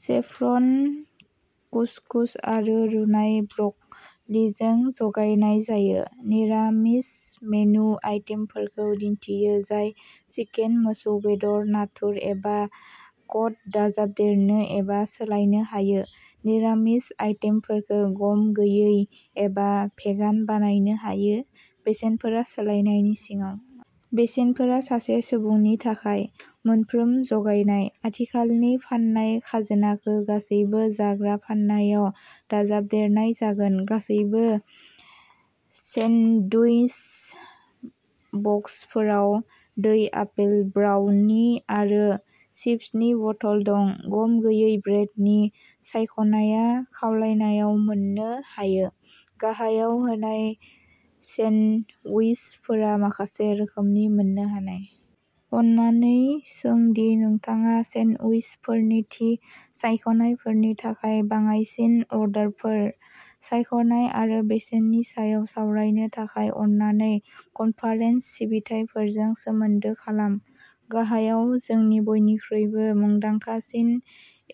Saffron कुस्कुस आरो रुनाय ब्र'क'लिजों जगायनाय जायो। निरामिस मेनु आइटेमफोरखौ दिन्थियो जाय चिकेन, मोसौ बेदर, नाथुर एबा कड दाजाबदेरनो एबा सोलायनो हायो। निरामिस आइटेमफोरखौ गम गैयै एबा भेगान बानायनो हायो। बेसेनफोरा सोलायनायनि सिङाव। बेसेनफोरा सासे सुबुंनि थाखाय, मोनफ्रोम जगायनाय। आथिखालनि फाननाय खाजोनाखौ गासैबो जाग्रा फाननायाव दाजाबदेरनाय जागोन। गासैबो सेन्डउइच बक्सफोराव दै, आपेल, ब्राउनि आरो चिप्सनि बथल दं। गम गैयै ब्रेडनि सायख'नायआ खावलायनायाव मोननो हायो। गाहायाव होनाय सेन्डउइचफोरा माखासे रोखोमनि मोननो हानाय। अननानै सों दि नोंथाङा सेन्डउइचफोरनि थि सायख'नायफोरनि थाखाय बाङायसिन अर्डारफोर। सायख'नाय आरो बेसेननि सायाव सावरायनो थाखाय अननानै कनफारेन्स सिबिथाइफोरजों सोमोन्दो खालाम। गाहायाव जोंनि बयनिख्रुइबो मुंदांखासिन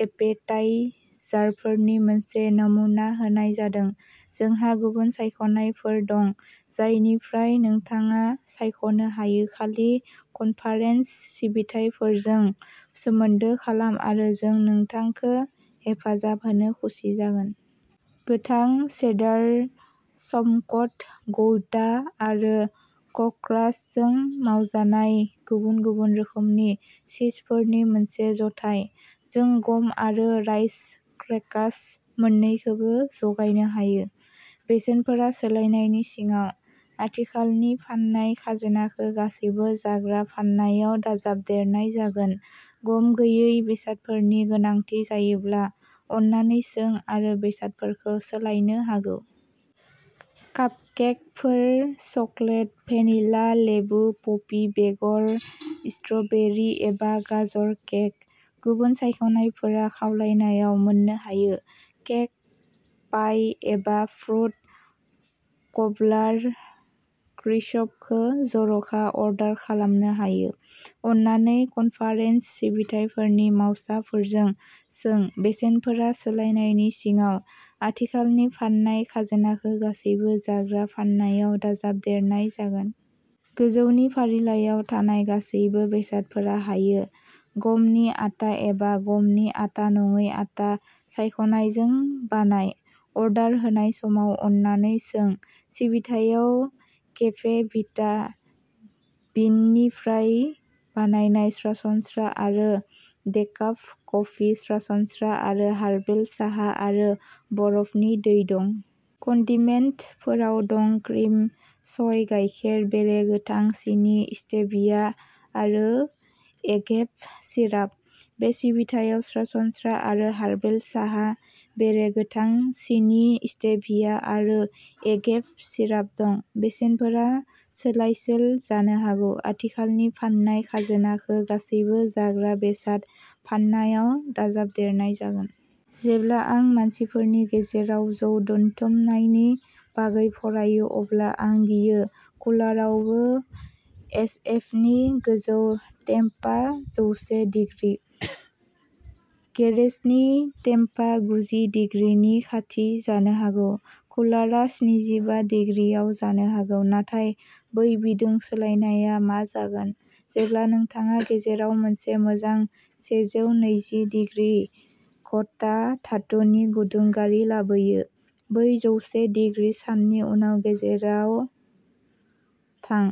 एपेटाइजारफोरनि मोनसे नमुना होनाय जादों। जोंहा गुबुन सायख'नायफोर दं जायनिफ्राय नोंथाङा सायख'नो हायो-खालि कनफारेन्स सिबिथाइफोरजों सोमोन्दो खालाम आरो जों नोंथांखो हेफाजाब होनो खुसि जागोन। गोथां चेदार, समकड गौडा आरो कक्रासजों मावजानाय गुबुन गुबुन रोखोमनि चीजफोरनि मोनसे जथाय। जों गम आरो राइस क्रेकार्स मोननैखोबो जगायनो हायो। बेसेनफोरा सोलायनायनि सिङाव। आथिखालनि फाननाय खाजोनाखो गासैबो जाग्रा फाननायाव दाजाबदेरनाय जागोन। गम गैयै बेसादफोरनि गोनांथि जायोब्ला, अननानै सों आरो बेसादफोरखौ सोलायनो हागौ। कापकेकफोर-चकलेट, भेनिला, लेबु पपि बेगर, स्ट्र'बेरि एबा गाजर केक। गुबुन सायख'नायफोरा खावलायनायाव मोननो हायो। केक, पाइ एबा फ्रुट कब्लार क्रिस्पखौ जर'खा अर्डार खालामनो हायो। अननानै कनफारेन्स सिबिथाइफोरनि मावसाफोरजों सों। बेसेनफोरा सोलायनायनि सिङाव। आथिखालनि फाननाय खाजोनाखौ गासैबो जाग्रा फाननायाव दाजाबदेरनाय जागोन। गोजौनि फारिलाइयाव थानाय गासैबो बेसादफोरा हायो। गमनि आटा एबा गमनि आटा नङै आटा सायख'नायजों बानाय। अर्डार होनाय समाव अननानै सों। सिबिथायाव केफे भिटा बिननिफ्राय बानायनाय सरासनस्रा आरो डेकाफ कफि, सरासनस्रा आरो हार्बेल साहा आरो बरफनि दै दं। कन्डिमेन्टफोराव दं क्रिम, सय गायखेर, बेरे, गोथां सिनि, स्टेभिया आरो एगेभ सिराप। बे सिबिथायाव सरासनस्रा आरो हार्बेल साहा, बेरे, गोथां सिनि, स्टेभिया आरो एगेभ सिराप दं। बेसेनफोरा सोलायसोल' जानो हागौ। आथिखालनि फाननाय खाजोनाखौ गासैबो जाग्रा बेसाद फाननायाव दाजाबदेरनाय जागोन। जेब्ला आं मानसिफोरनि गेरेजाव जौ दोनथुमनायनि बागै फरायो अब्ला आं गियो कुलारावबो एसएफनि गोजौ टेम्पा जौसे दिग्रि। गेरेजनि टेम्पा गुजि दिग्रिनि खाथि जानो हागौ। कुलारा स्निजिबा दिग्रिआव जानो हागौ। नाथाय बै बिदुं सोलायनाया मा जागोन जेब्ला नोंथाङा गेरेजाव मोनसे मोजां सेजौ नैजि दिग्रि गथा धातुनि गुदुं गारि लाबोयो। बै जौसे दिग्रि साननि उनाव गेरेजाव थां।